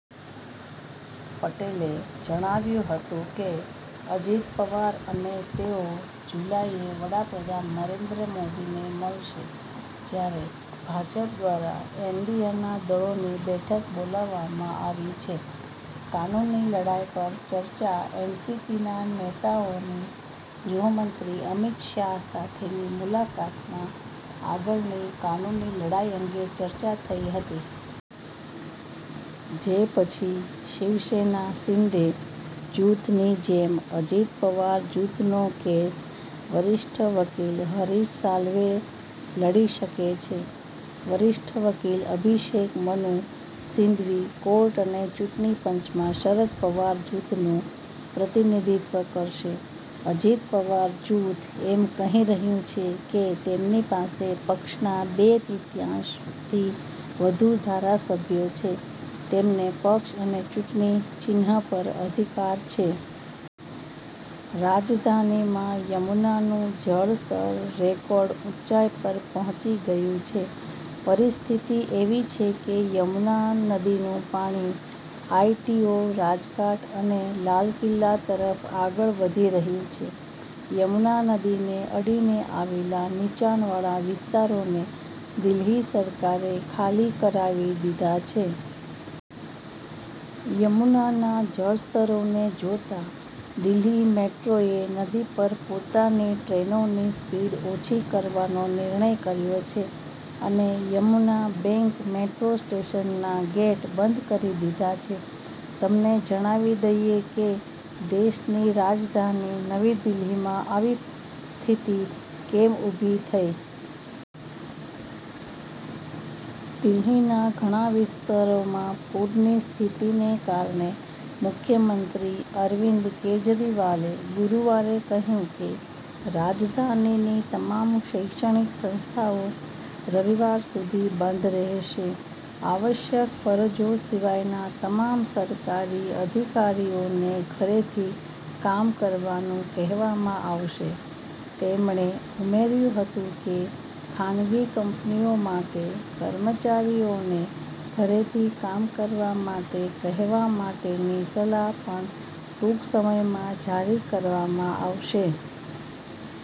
પટેલે જણાવ્યું હતું કે અજિત પવાર અને તેઓ જુલાઈએ વડા પ્રધાન નરેન્દ્ર મોદીને મળશે જ્યારે ભાજપ દ્વારા એનડીએના દળોની બેઠક બોલાવવામાં આવી છે. કાનૂની લડાઈ પર ચર્ચા એનસીપીના નેતાઓની ગૃહમંત્રી અમિત શાહ સાથેની મુલાકાતમાં આગળની કાનૂની લડાઈ અંગે ચર્ચા થઈ હતી. જે પછી શિવસેના શિંદે જૂથની જેમ અજિત પવાર જૂથનો કેસ વરિષ્ઠ વકીલ હરીશ સાલ્વે લડી શકે છે. વરિષ્ઠ વકીલ અભિષેક મનુ સિંઘવી કોર્ટ અને ચૂંટણી પંચમાં શરદ પવાર જૂથનું પ્રતિનિધિત્વ કરશે. અજિત પવાર જૂથ એમ કહી રહ્યું છે કે તેમની પાસે પક્ષના બે તૃતીયાંશથી વધુ ધારાસભ્યો છે, તેમને પક્ષ અને ચૂંટણી ચિહ્ન પર અધિકાર છે. રાજધાનીમાં યમુનાનું જળ સ્તર રેકોર્ડ ઉંચાઇ પર પહોંચી ગયું છે. પરિસ્થિતિ એવી છે કે યમુના નદીનું પાણી આઈટીઓ, રાજઘાટ અને લાલ કિલ્લા તરફ આગળ વધી રહ્યું છે. યમુના નદીને અડીને આવેલા નીચાણવાળા વિસ્તારોને દિલ્હી સરકારે ખાલી કરાવી દીધા છે. યમુનાના જળસ્તરને જોતા દિલ્હી મેટ્રોએ નદી પર પોતાની ટ્રેનોની સ્પીડ ઓછી કરવાનો નિર્ણય કર્યો છે અને યમુના બેંક મેટ્રો સ્ટેશનના ગેટ બંધ કરી દીધા છે. તમને જણાવી દઈએ કે દેશની રાજધાની નવી દિલ્હીમાં આવી સ્થિતિ કેમ ઉભી થઈ. દિલ્હીના ઘણા વિસ્તારોમાં પૂરની સ્થિતિને કારણે મુખ્યમંત્રી અરવિંદ કેજરીવાલે ગુરુવારે કહ્યું કે રાજધાનીની તમામ શૈક્ષણિક સંસ્થાઓ રવિવાર સુધી બંધ રહેશે. આવશ્યક ફરજો સિવાયના તમામ સરકારી અધિકારીઓને ઘરેથી કામ કરવાનું કહેવામાં આવશે. તેમણે ઉમેર્યું હતું કે ખાનગી કંપનીઓ માટે કર્મચારીઓને ઘરેથી કામ કરવા માટે કહેવા માટેની સલાહ પણ ટૂંક સમયમાં જારી કરવામાં આવશે.